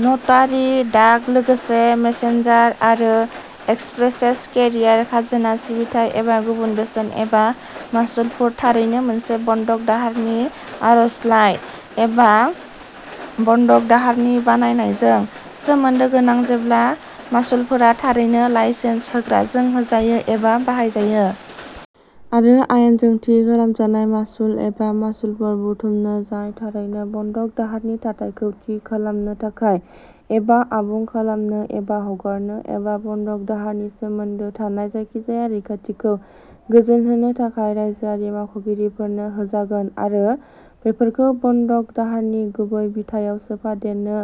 नटारि डाक लोगोसे मेसेन्जार आरो एक्सप्रेस केरियार खाजोना सिबिथाय एबा गुबुन बेसेन एबा मासुलफोर थारैनो मोनसे बन्दक दाहारनि आर'जलाइ एबा बन्दक दाहारनि बानायनायजों सोमोन्दो गोनां जेब्ला मासुलफोरा थारैनो लाइसेन्स होग्राजों होजायो एबा बाहायजायो आरो आयेनजों थि खालामजानाय मासुल एबा मासुलफोर बुथुमनो जाय थारैनो बन्दक दाहारनि थाथायखौ थि खालामनो थाखाय एबा आबुं खालामनो एबा हगारनो एबा बन्दक दाहारनि सोमोन्दो थानाय जायखिजाया रैखाथिखौ गोजोनहोनो थाखाय रायजोआरि मावख'गिरिफोरनो होजागोन आरो बेफोरखौ बन्दक दाहारनि गुबै बिथायाव सोफादेरनो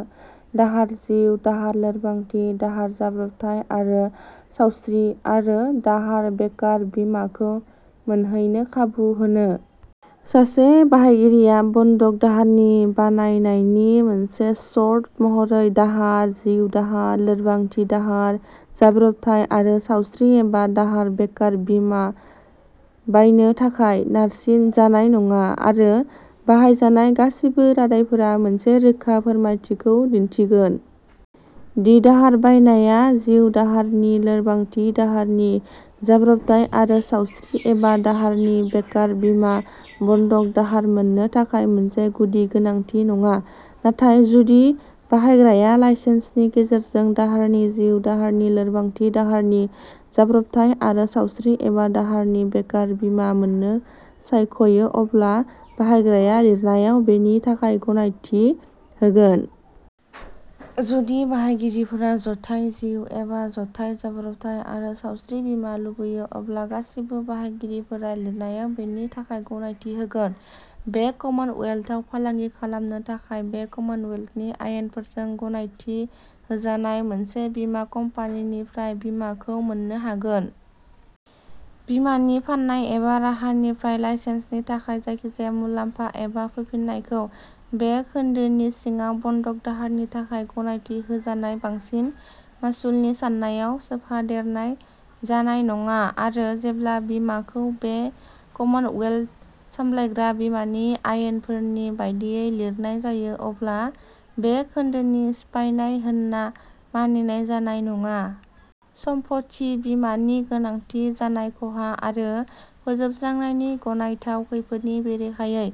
दाहार जिउ दाहार लोरबांथि दाहार जाब्रबथाय आरो सावस्रि आरो दाहार बेकार बीमाखौ मोनहैनो खाबु होनो। सासे बाहायगिरिया बन्दक दाहारनि बानायनायनि मोनसे सर्त महरै दाहार जिउ दाहार लोरबांथि दाहार जाब्र'बथाय आरो सावस्रि एबा दाहार बेकार बीमा बायनो थाखाय नारसिन जानाय नङा आरो बाहायजानाय गासिबो रादाइफोरा मोनसे रोखा फोरमायथिखौ दिन्थिगोन दि दाहार बायनाया जिउ दाहारनि लोरबांथि दाहारनि जाब्रबथाय आरो सावस्रि एबा दाहारनि बेकार बीमा बन्दक दाहार मोननो थाखाय मोनसे गुदि गोनांथि नङा नाथाय जुदि बाहायग्राया लाइसेन्सिनि गेजेरजों दाहारनि जिउ दाहारनि लोरबांथि दाहारनि जाब्रबथाय आरो सावस्रि एबा दाहारनि बेकार बीमा मोननो सायखयो अब्ला बाहायग्राया लिरनायाव बेनि थाखाय गनायथि होगोन। जुदि बाहायगिरिफोरा जथाय जिउ एबा जथाय जाब्रबथाय आरो सावस्रि बीमा लुबैयो अब्ला गासैबो बाहायगिरिफोरा लिरनायाव बेनि थाखाय गनायथि होगोन बे कमनवेल्थआव फालांगि खालामनो थाखाय बे कमनवेल्थनि आयेनफोरजों गनायथि होजानाय मोनसे बीमा कम्पानिनिफ्राय बीमाखौ मोन्नो हागोन। बीमानि फाननाय एबा राहानिफ्राय लाइसेन्सिनि थाखाय जायखिजाया मुलाम्फा एबा फैफिननायखौ बे खोन्दोनि सिङाव बन्दक दाहारनि थाखाय गनायथि होजानाय बांसिन मासुलनि साननायाव सोफादेरनाय जानाय नङा आरो जेब्ला बीमाखौ बे कमनवेल्थ सामलायग्रा बीमानि आयेनफोरनि बायदियै लिरनाय जायो अब्ला बे खोन्दोनि सिफायनाय होनना मानिनाय जानाय नङा। सम्पथि बीमानि गोनांथि जानाय खहा आरो फोजोबस्रांनायनि गनायथाव खैफोदनि बेरेखायै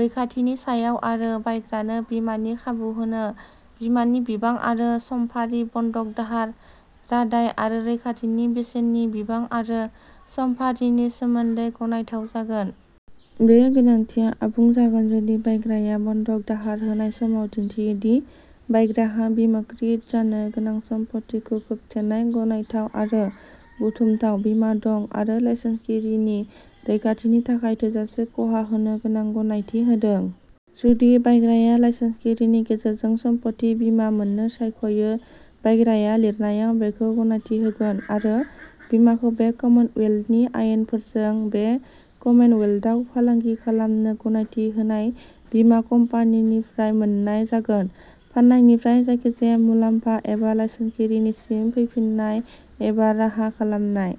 रैखाथिनि सायाव आरो बायग्रानो बीमानि खाबु होनो बीमानि बिबां आरो समफारि बन्दक दाहार रादाय आरो रैखाथिनि बेसेननि बिबां आरो समफारिनि सोमोनदै गनायथाव जागोन। बे गोनांथिया आबुं जागोन जुदि बायग्राया बन्दक दाहार होनाय समाव दिन्थियो दि बायग्राहा बीमाकृत जानो गोनां सम्पथिखौ खोबथेनाय गनायथाव आरो बुथुमथाव बीमा दं आरो लाइसेन्सगिरिनि रैखाथिनि थाखाय थोजासे खहा होनो गोनां गनायथि होदों। जुदि बायग्राया लाइसेन्सगिरिनि गेजेरजों सम्पथि बीमा मोन्नो सायखयो बायग्राया लिरनायाव बेखौ गनायथि होगोन आरो बीमाखौ बे कमनवेल्थनि आयेनफोरजों बे कमनवेल्थआव फालांगि खालामनो गनायथि होजानाय बीमा कम्पानिनिफ्राय मोन्नाय जागोन। फाननायनिफ्राय जायखिजाया मुलाम्फा एबा लाइसेन्सगिरिनिसिम फैफिन्नाय एबा राहा खालामनाय।